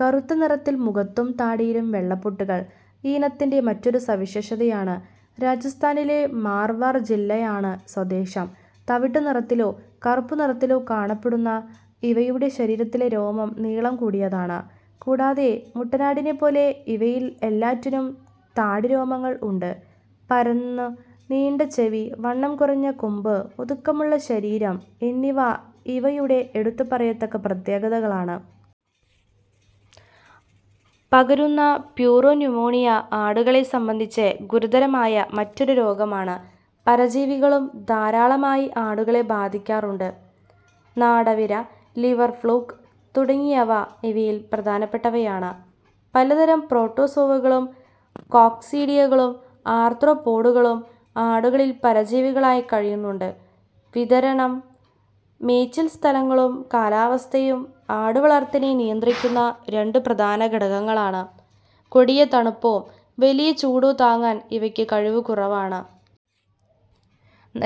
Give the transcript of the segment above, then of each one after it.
കറുത്ത നിറത്തിൽ മുഖത്തും താടിയിലും വെള്ളപ്പൊട്ടുകൾ ഈ ഇനത്തിന്റെ മറ്റൊരു സവിശേഷതയാണ്. രാജസ്ഥാനിലെ "മാർവാർ" ജില്ലയാണ് സ്വദേശം. തവിട്ടു നിറത്തിലോ കറുപ്പ് നിറത്തിലോ കാണപ്പെടുന്ന ഇവയുടെ ശരീരത്തിലെ രോമം നീളം കൂടിയതാണ്. കൂടാതെ മുട്ടനാടിനെപ്പോലെ ഇവയിൽ എല്ലാറ്റിനും താടിരോമങ്ങൾ ഉണ്ട്. പരന്നു നീണ്ട ചെവി, വണ്ണം കുറഞ്ഞ കൊമ്പ്, ഒതുക്കമുള്ള ശരീരം എന്നിവ ഇവയുടെ എടുത്തുപറയത്തക്ക പ്രത്യേകതകളാണ്. പകരുന്ന പ്യൂറോന്യുമോണിയ ആടുകളെ സംബന്ധിച്ച് ഗുരുതരമായ മറ്റൊരു രോഗമാണ്. പരജീവികളും ധാരാളമായി ആടുകളെ ബാധിക്കാറുണ്ട്. നാടവിര, ലിവർഫ്ലൂക്ക് തുടങ്ങിയവ ഇവയിൽ പ്രധാനപ്പെട്ടവയാണ്. പലതരം പ്രോട്ടോസോവകളും കോക്സീഡിയകളും ആർത്രോപ്പോഡുകളും ആടുകളിൽ പരജീവികളായി കഴിയുന്നുണ്ട്. വിതരണം. മേച്ചിൽസ്ഥലങ്ങളും കാലാവസ്ഥയും ആടുവളർത്തലിനെ നിയന്ത്രിക്കുന്ന രണ്ടു പ്രധാന ഘടകങ്ങളാണ്. കൊടിയ തണുപ്പോ വലിയ ചൂടോ താങ്ങാൻ ഇവയ്ക്കു കഴിവു കുറവാണ്.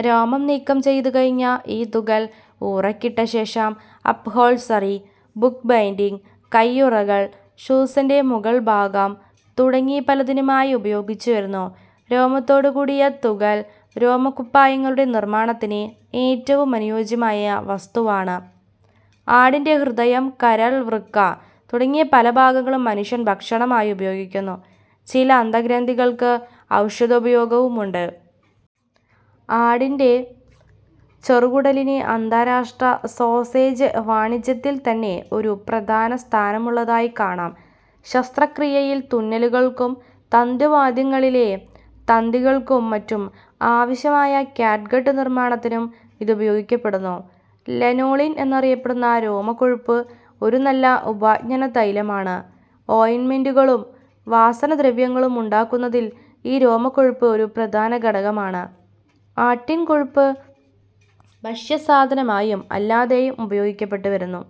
രോമം നീക്കംചെയ്തു കഴിഞ്ഞ ഈ തുകൽ ഊറയ്ക്കിട്ടശേഷം അപ്ഹോൾസ്റ്ററി, ബുക്ക് ബൈൻഡിംഗ്, കൈയുറകൾ, ഷൂസിന്റെ മുകൾഭാഗം തുടങ്ങി പലതിനുമായി ഉപയോഗിച്ചുവരുന്നു. രോമത്തോടുകൂടിയ തുകൽ രോമക്കുപ്പായങ്ങളുടെ നിർമ്മാണത്തിന് ഏറ്റവും അനുയോജ്യമായ വസ്തുവാണ്. ആടിന്റെ ഹൃദയം, കരൾ, വൃക്ക തുടങ്ങി പല ഭാഗങ്ങളും മനുഷ്യൻ ഭക്ഷണമായി ഉപയോഗിക്കുന്നു. ചില അന്തഃഗ്രന്ഥികൾക്ക് ഔഷധോപയോഗവുമുണ്ട്. ആടിന്റെ ചെറുകുടലിന് അന്താരാഷ്ട്ര 'സോസേജ്' വാണിജ്യത്തിൽത്തന്നെ ഒരു പ്രധാനസ്ഥാനമുളളതായി കാണാം. ശസ്ത്രക്രിയയിൽ തുന്നലുകൾക്കും, തന്തുവാദ്യങ്ങളിലെ തന്തികൾക്കും മറ്റും ആവശ്യമായ 'ക്യാറ്റ്ഗട്ട്' നിർമ്മാണത്തിനും ഇതുപയോഗിക്കപ്പെടുന്നു. 'ലനോളിൻ' എന്നറിയപ്പെടുന്ന രോമക്കൊഴുപ്പ് ഒരു നല്ല ഉപാഞ്ജനതൈല മാണ്. ഓയിന്റ്മെന്റുകളും വാസനദ്രവ്യങ്ങളും ഉണ്ടാക്കുന്നതിൽ ഈ രോമക്കൊഴുപ്പ് ഒരു പ്രധാന ഘടകമാണ്. ആട്ടിൻകൊഴുപ്പ് ഭക്ഷ്യസാധനമായും അല്ലാതെയും ഉപയോഗിക്കപ്പെട്ടുവരുന്നു.